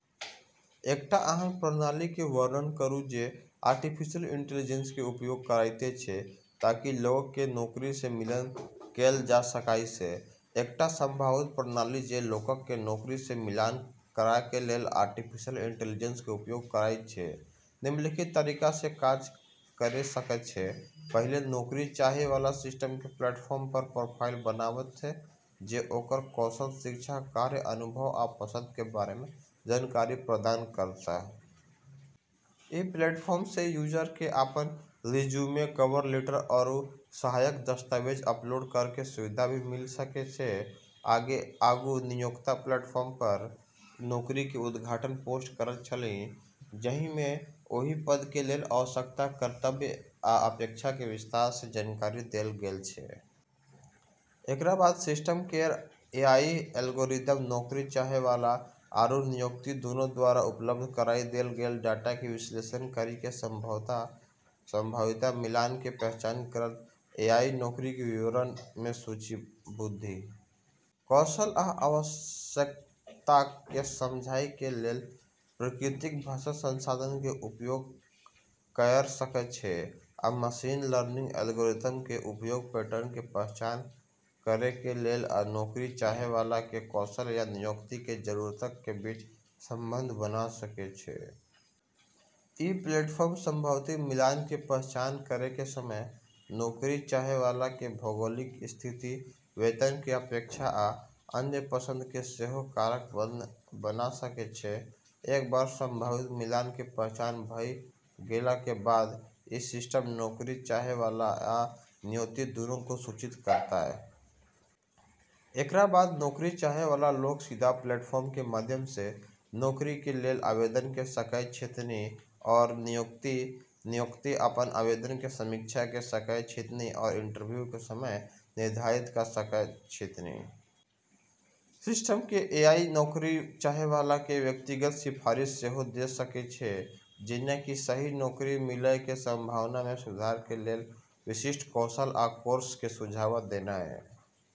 एकटा एहन प्रणाली के वर्णन करूं जे आर्टिफिशियल इंटेलिजेंस के उपयोग करएयत छै ताकि लोगक के नौकरी सं मिलान कैल जा सकएय। एकटा संभावित प्रणाली जे लोगक के नौकरी सं मिलान करय के लेल आर्टिफिशियल इंटेलिजेंस के उपयोग करयत छै, निम्नलिखित तरीका सं काज कयर सकय छै: पहिल, नौकरी चाहय वाला सिस्टम के प्लेटफॉर्म पर प्रोफाइल बनायत, जे ओकर कौशल, शिक्षा, कार्य अनुभव, आ पसंद के बारे मे जानकारी प्रदान करतय। ई प्लेटफॉर्म स यूजर क अपन रिज्यूमे, कवर लेटर आरू अन्य सहायक दस्तावेज अपलोड करै के सुविधा भी मिल सकै छै। आगू नियोक्ता प्लेटफार्म पर नौकरी के उद्घाटन पोस्ट करैत छलाह, जाहि मे ओहि पद के लेल आवश्यकता, कर्तव्य, आ अपेक्षा के विस्तार सं जानकारी देल गेल छल। एकरा बाद सिस्टम केर एआई एल्गोरिदम नौकरी चाहै वाला आरू नियोक्ता दूनू द्वारा उपलब्ध कराय देल गेल डाटा के विश्लेषण करी क संभावित मिलान के पहचान करतै। एआई नौकरी के विवरण मे सूचीबद्ध कौशल आ आवश्यकताक के समझय के लेल प्राकृतिक भाषा संसाधन के उपयोग कयर सकय छै, आ मशीन लर्निंग एल्गोरिदम के उपयोग पैटर्न के पहचान करय के लेल आ नौकरी चाहय वाला के कौशल आ नियोक्ता के जरूरतक के बीच संबंध बना सकय छै। इ प्लेटफॉर्म संभावित मिलान के पहचान करय के समय नौकरी चाहय वाला के भौगोलिक स्थिति, वेतन के अपेक्षा, आ अन्य पसंद के सेहो कारक बना सकय छै। एक बेर संभावित मिलान के पहचान भ गेलाक के बाद इ सिस्टम नौकरी चाहय वाला आ नियोक्ता दूनू के सूचित करतय। एकरा बाद नौकरी चाहय वाला लोक सीधा प्लेटफॉर्म के माध्यम सं नौकरी के लेल आवेदन क सकय छथिन्ह, आओर नियोक्ता अपन आवेदन के समीक्षा क सकय छथिन्ह आओर इंटरव्यू के समय निर्धारित क सकय छथिन्ह। सिस्टम के एआई नौकरी चाहय वाला के व्यक्तिगत सिफारिश सेहो द सकय छै, जेना कि सही नौकरी मिलय के संभावना मे सुधार के लेल विशिष्ट कौशल या कोर्स के सुझाव देनाय।